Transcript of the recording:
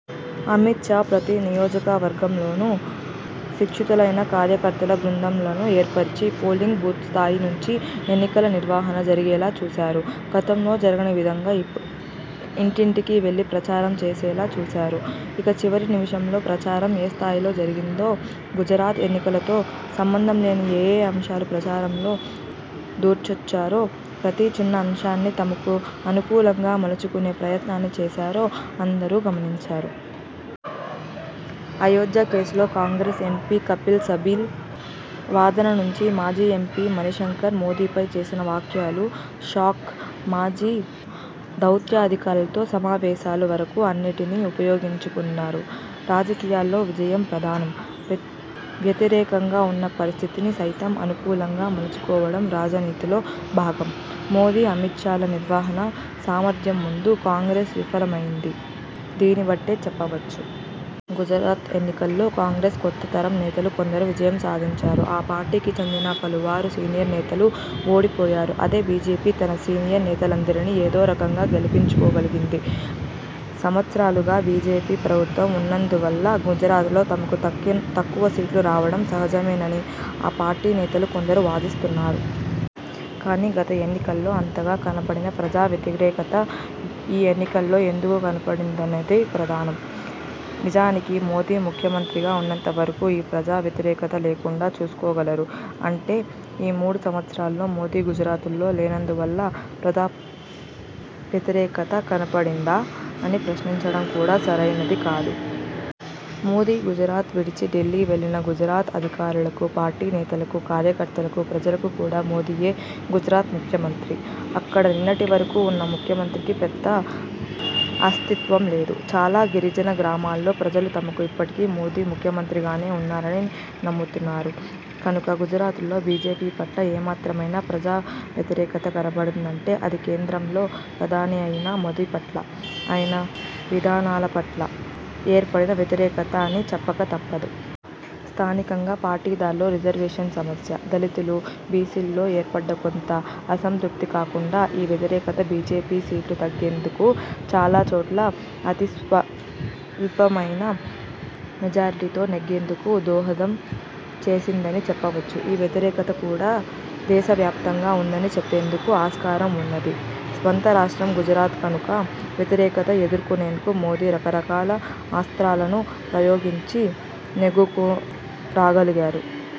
అమిత్ షా ప్రతి నియోజకవర్గంలోనూ శిక్షితులైన కార్యకర్తల బృందాలను ఏర్పర్చి పోలింగ్ బూత్ స్థాయి నుంచి ఎన్నికల నిర్వహణ జరిగేలా చూశారు. గతంలో జరగని విధంగా ఇంటింటికి వెళ్లి ప్రచారం చేసేలా చూశారు. ఇక చివరి నిమిషంలో ప్రచారం ఏ స్థాయిలో జరిగిందో, గుజరాత్ ఎన్నికలతో సంబంధంలేని ఏఏ అంశాలు ప్రచారంలో దూర్చారో, ప్రతి చిన్న అంశాన్నీ తమకు అనుకూలంగా మలుచుకునే ప్రయత్నం చేశారో అందరూ గమనించారు. అయోధ్య కేసులో కాంగ్రెస్ ఎంపీ కపిల్ సిబాల్ వాదన నుంచి మాజీ ఎంపీ మణిశంకర్ మోదీపై చేసిన వ్యాఖ్యలు, పాక్ మాజీ దౌత్యాధికారులతో సమావేశాల వరకూ అన్నిటినీ ఉపయోగించుకున్నారు. రాజకీయాల్లో విజయం ప్రధానం. వ్యతిరేకంగా ఉన్న పరిస్థితిని సైతం అనుకూలంగా మలుచుకోవడం రాజనీతిలో భాగం. మోదీ, అమిత్ షాల నిర్వహణ సామర్థ్యం ముందు కాంగ్రెస్ విఫలమైందనే దీన్నిబట్టి చెప్పవచ్చు. గుజరాత్ ఎన్నికల్లో కాంగ్రెస్ కొత్త తరం నేతలు కొందరు విజయం సాధించగా, ఆ పార్టీకి చెందిన పలువురు సీనియర్ నేతలు ఓడిపోయారు. అదే బీజేపీ తన సీనియర్ నేతలందరినీ ఏదో రకంగా గెలిపించుకోగలిగింది. సంవత్సరాలుగా బీజేపీ ప్రభుత్వం ఉన్నందువల్ల గుజరాత్లో తమకు తక్కువ సీట్లు రావడం సహజమేనని ఆ పార్టీ నేతలు కొందరు వాదిస్తుంటారు. కాని గత ఎన్నికల్లో అంతగా కనపడని ప్రజా వ్యతిరేకత ఈ ఎన్నికల్లో ఎందుకు కనపడిందనేదే ప్రధానం. నిజానికి మోదీ ముఖ్యమంత్రిగా ఉన్నంతవరకూ ఈ ప్రజా వ్యతిరేకత లేకుండా చేసుకోగలిగారు. అంటే ఈ మూడు సంవత్సరాల్లో మోదీ గుజరాత్లో లేనందువల్లే ప్రజా వ్యతిరేకత కనపడిందా అని ప్రశ్నించడం కూడా సరైంది కాదు. మోదీ గుజరాత్ విడిచి ఢిల్లీ వెళ్లినా గుజరాత్ అధికారులకు, పార్టీ నేతలకు, కార్యకర్తలకు, ప్రజలకు కూడా మోదీయే గుజరాత్ ముఖ్యమంత్రి. అక్కడ నిన్నటివరకూ ఉన్న ముఖ్యమంత్రికి పెద్దగా అస్తిత్వం లేదు. చాలా గిరిజన గ్రామాల్లో ప్రజలు తమకు ఇప్పటికీ మోదీ ముఖ్యమంత్రిగానే ఉన్నారని నమ్ముతారు. కనుక గుజరాత్లో బీజేపీ పట్ల ఏమాత్రమైనా ప్రజా వ్యతిరేకత కనపడిందంటే అది కేంద్రంలో ప్రధానిఅయిన మోదీ పట్ల, ఆయన విధానాల పట్ల ఏర్పడిన వ్యతిరేకతే అని చెప్పక తప్పదు. స్థానికంగా పాటీదార్ల రిజర్వేషన్ సమస్య, దళితులు, బీసీల్లో ఏర్పడ్డ కొంత అసంతృప్తి కాకుండా ఈ వ్యతిరేకతే బీజేపీకి సీట్లు తగ్గేందుకు, చాలా చోట్ల అతి స్వల్పమైన మెజారిటీతో నెగ్గేందుకు దోహదం చేసిందని చెప్పవచ్చు. ఈ వ్యతిరేకత కూడా దేశవ్యాప్తంగా ఉన్నదని చెప్పేందుకు ఆస్కారం ఉన్నది. స్వంత రాష్ట్రం గుజరాత్ కనుక వ్యతిరేకతను ఎదుర్కొనేందుకు మోదీ రకరకాల అస్త్రాలను ప్రయోగించి నెగ్గుకురాగలిగారు.